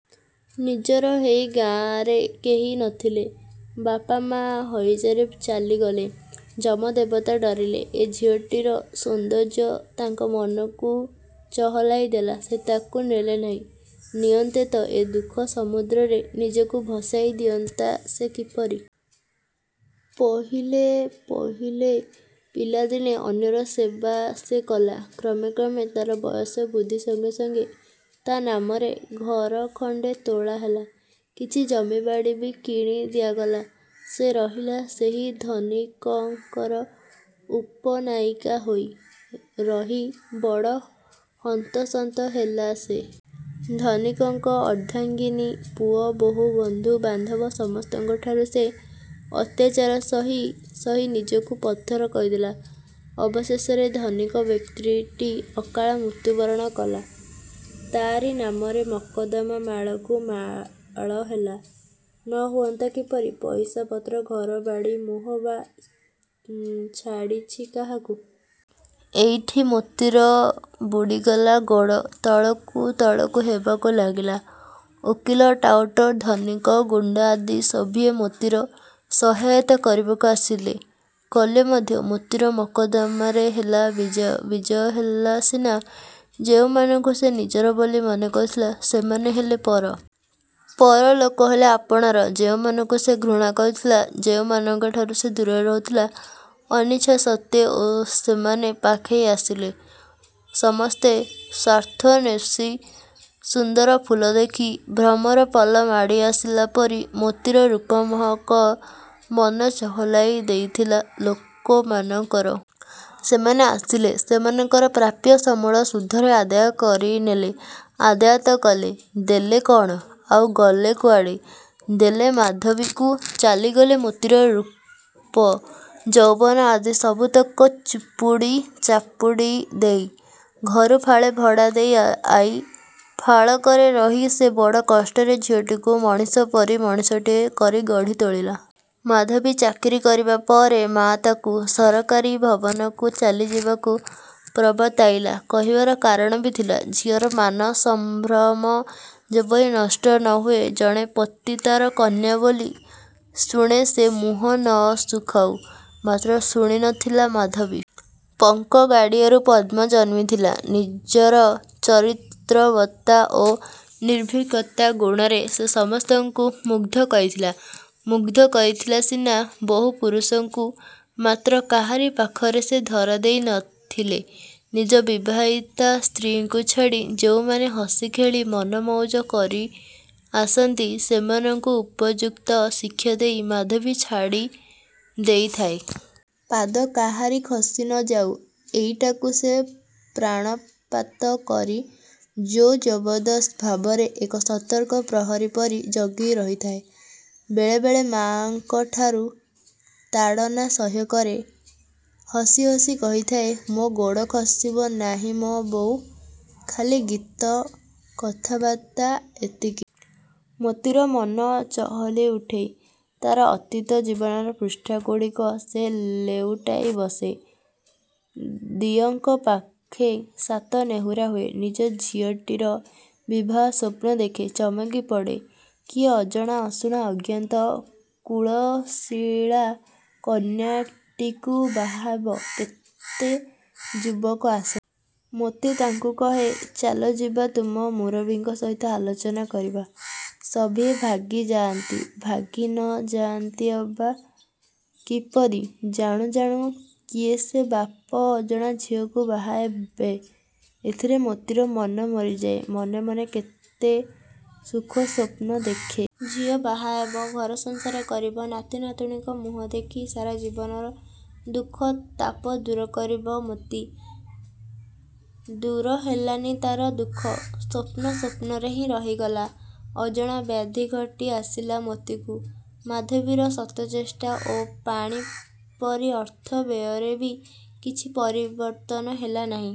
ନିଜର ହେଇ ଗାଁରେ କେହି ନ ଥିଲେ। ବାପ ମା ହଇଜାରେ ଚାଲିଗଲେ। ଯମ ଦେବତା ଡରିଲେ, ଏ ଝିଅଟିର ସୌନ୍ଦର୍ଯ୍ୟ ତାଙ୍କ ମନକୁ ଚହଲାଇ ଦେଲା, ସେ ତାକୁ ନେଲେ ନାହିଁ। ନିଅନ୍ତେ ତ, ଏ ଦୁଃଖ ସମୁଦ୍ରରେ ନିଜକୁ ଭସାଇ ଦିଅନ୍ତା ସେ କିପରି? ପହିଲେ ପହିଲେ ପିଲାଦିନେ ଅନ୍ୟର ସେବା ସେ କଲା। କ୍ରମେ କ୍ରମେ ତାର ବୟସ ବୃଦ୍ଧି ସଙ୍ଗେ ସଙ୍ଗେ ତା ନାମରେ ଘର ଖଣ୍ତେ ତୋଳା ହେଲା। କିଛି ଜମି ବାଡ଼ି ବି କିଣି ଦିଆଗଲା। ସେ ରହିଲା ସେହି ଧନିକଙ୍କର ଉପନାୟିକା ହୋଇ। ରହି ବଡ଼ ହନ୍ତସନ୍ତ ହେଲା ସେ। ଧନିକଙ୍କ ଅର୍ଦ୍ଧାଙ୍ଗିନୀ, ପୁଅ, ବୋହୁ, ବନ୍ଧୁ, ବାନ୍ଧବ—ସମସ୍ତଙ୍କଠାରୁ ସେ ଅତ୍ୟାଚାର ସହି ସହି ନିଜକୁ ପଥର କରିଦେଲା। ଅବଶେଷରେ ଧନିକ ବ୍ୟକ୍ତିଟି ଅକାଳମୃତ୍ୟୁ ବରଣ କଲା। ତାରି ନାମରେ ମକଦ୍ଦମା ମାଳକୁ ମାଳ ହେଲା। ନ ହୁଅନ୍ତା କିପରି? ପଇସା ପତ୍ର, ଘର, ବାଡ଼ି, ମୋହ ବା ଛାଡ଼ିଛି କାହାକୁ? ଏଇଠି ମୋତିର ବୁଡ଼ିଗଲା ଗୋଡ଼ ତଳକୁ ତଳକୁ ହେବାକୁ ଲାଗିଲା। ଓକିଲ, ଟାଉଟର, ଧନିକ, ଗୁଣ୍ତା ଆଦି ସଭିଏ ମୋତିର ସହାୟତା କରିବାକୁ ଆସିଲେ। କଲେ ମଧ୍ୟ। ମୋତିର ମକଦ୍ଦମାରେ ହେଲା ବିଜୟ। ବିଜୟ ହେଲା ସିନା, ଯେଉଁମାନଙ୍କୁ ସେ ନିଜର ବୋଲି ମନେ କରୁଥିଲା, ସେମାନେ ହେଲେ ପର। ପର ଲୋକ ହେଲେ ଆପଣାର। ଯେଉଁମାନଙ୍କୁ ସେ ଘୃଣା କରୁଥିଲା, ଯେଉଁମାନଙ୍କଠାରୁ ସେ ଦୂରରେ ରହୁଥିଲା, ଅନିଚ୍ଛାସତ୍ତ୍ୱେ ଓ ସେମାନେ ପାଖେଇ ଆସିଲେ। ସମସ୍ତେ ସ୍ୱାର୍ଥନ୍ୱେଷୀ। ସୁନ୍ଦର ଫୁଲ ଦେଖି ଭ୍ରମରପଲ ମାଡ଼ି ଆସିଲା ପରି ମୋତିର ରୂପ ମହକ ମନ ଚହଲାଇ ଦେଇଥିଲା ଲୋକମାନଙ୍କର। ସେମାନେ ଆସିଲେ। ସେମାନଙ୍କର ପ୍ରାପ୍ୟ ସମୂଳ ସୁଧରେ ଆଦାୟ କରିନେଲେ। ଆଦାୟ ତ କଲେ, ଦେଲେ କଅଣ? ଆଉ ଗଲେ କୁଆଡ଼େ? ଦେଲେ ମାଧବୀକୁ, ଚାଲିଗଲେ ମୋତିର ରୂପ, ଯୌବନ ଆଦି ସବୁତକ ଚୁପୁଡ଼ି ଚାପୁଡ଼ି ଦେଇ, ଘରୁ ଫାଳେ ଭଡ଼ା ଦେଇ ଆଇ ଫାଳକରେ ରହି ସେ ବଡ଼ କଷ୍ଟରେ ଝିଅଟିକୁ ମଣିଷ ପରି ମଣିଷଟିଏ କରି ଗଢ଼ି ତୋଳିଲା। ମାଧବୀ ଚାକିରୀ କରିବା ପରେ ପରେ ମା ତାକୁ, ସରକାରୀ ଭବନକୁ ଚାଲି ଯିବାକୁ ପ୍ରବର୍ତ୍ତାଇଲା। କହିବାର କାରଣ ବି ଥିଲା। ଝିଅର ମାନ ସମ୍ଭ୍ରମ ଯେପରି ନଷ୍ଟ ନ ହୁଏ। ଜଣେ ପତିତାର କନ୍ୟା ବୋଲି ଶୁଣି ସେ ମୁହଁ ନ ଶୁଖାଉ। ମାତ୍ର ଶୁଣି ନ ଥିଲା ମାଧବୀ। ପଙ୍କ ଗାଡ଼ିଆରୁ ପଦ୍ମ ଜନ୍ମିଥିଲା। ନିଜର ଚରିତ୍ରବର୍ତ୍ତା ଓ ନିର୍ଭୀକତା ଗୁଣରେ ସେ ସମସ୍ତଙ୍କୁ ମୁଗ୍ଧ କରିଥିଲା। ମୁଗ୍ଧ କରିଥିଲା ସିନା ବହୁ ପୁରୁଷଙ୍କୁ; ମାତ୍ର କାହାରି ପାଖରେ ସେ ଧରା ଦେଇ ନ ଥିଲେ। ନିଜ ବିବାହିତା ସ୍ତ୍ରୀଙ୍କୁ ଛାଡ଼ି ଯେଉଁମାନେ ହସି ଖେଳି ମନ ମଉଜ କରିଆସନ୍ତି, ସେମାନଙ୍କୁ ଉପଯୁକ୍ତ ଶିକ୍ଷା ଦେଇ ମାଧବୀ ଛାଡ଼ି ଦେଇଥାଏ। ପାଦ କାହାରି ଖସି ନ ଯାଉ—ଏଇଟାକୁ ସେ ପ୍ରାଣପାତ କରି ଜୋର ଜବରଦସ୍ତ ଭାବରେ ଏକ ସତର୍କ ପ୍ରହରୀ ପରି ଜଗି ରଖିଥାଏ। ବେଳେ ବେଳେ ମାଙ୍କଠାରୁ ତାଡ଼ନା ସହ୍ୟ କରେ। ହସି ହସି କହିଥାଏ—ମୋ ଗୋଡ଼ ଖସିବ ନାହିଁ ମ ବୋଉ। ଖାଲି ଗୀତ, କଥାବାର୍ତ୍ତା ଏତିକି। ମୋତିର ମନ ଚହଲିଉଠେ। ତାର ଅତୀତ ଜୀବନର ପୃଷ୍ଠା ଗୁଡ଼ିକ ସେ ଲେଉଟାଇ ବସେ। ଦିଅଁଙ୍କ ପାଖେ ସାତ ନେହୁରା ହୁଏ। ନିଜ ଝିଅଟିର ବିବାହ ସ୍ୱପ୍ନ ଦେଖେ। ଚମକି ପଡ଼େ, କିଏ ଅଜଣା ଅଶୁଣା ଅଜ୍ଞାତ କୁଳଶୀଳା କନ୍ୟାଟିକୁ ବାହା ହବ। କେତେ ଯୁବକ ଆସନ୍ତି। ମୋତି ତାଙ୍କୁ କହେ—ଚାଲ ଯିବା ତୁମ ମୁରବୀଙ୍କ ସହିତ ଆଲୋଚନା କରିବା। ସଭିଏ ଭାଗି ଯାଆନ୍ତି। ଭାଗି ନ ଯାଆନ୍ତି ଅବା କିପରି? ଜାଣୁ ଜାଣୁ କିଏ ସେ ବାପ ଅଜଣା ଝିଅକୁ ବାହାହେବେ! ଏଥିରେ ମୋତିର ମନ ମରିଯାଏ। ମନେ ମନେ କେତେ ସୁଖ ସ୍ୱପ୍ନ ଦେଖେ। ଝିଅ ବାହା ହେବ। ଘର ସଂସାର କରିବ। ନାତି ନାତୁଣୀଙ୍କ ମୁହଁ ଦେଖି ସାରା ଜୀବନର ଦୁଃଖ-ତାପ ଦୂର କରିବ ମୋତି।। ଦୂର ହେଲାନି ତାର ଦୁଃଖ। ସ୍ୱପ୍ନ ସ୍ୱପ୍ନରେ ହିଁ ରହିଗଲା। ଅଜଣା ବ୍ୟାଧି ଘଟି ଆସିଲା ମୋତିକୁ। ମାଧବୀର ଶତଚେଷ୍ଟା ଓ ପାଣିପରି ଅର୍ଥ ବ୍ୟୟରେ ବି କିଛି ପରିବର୍ତ୍ତନ ହେଲା ନାହିଁ।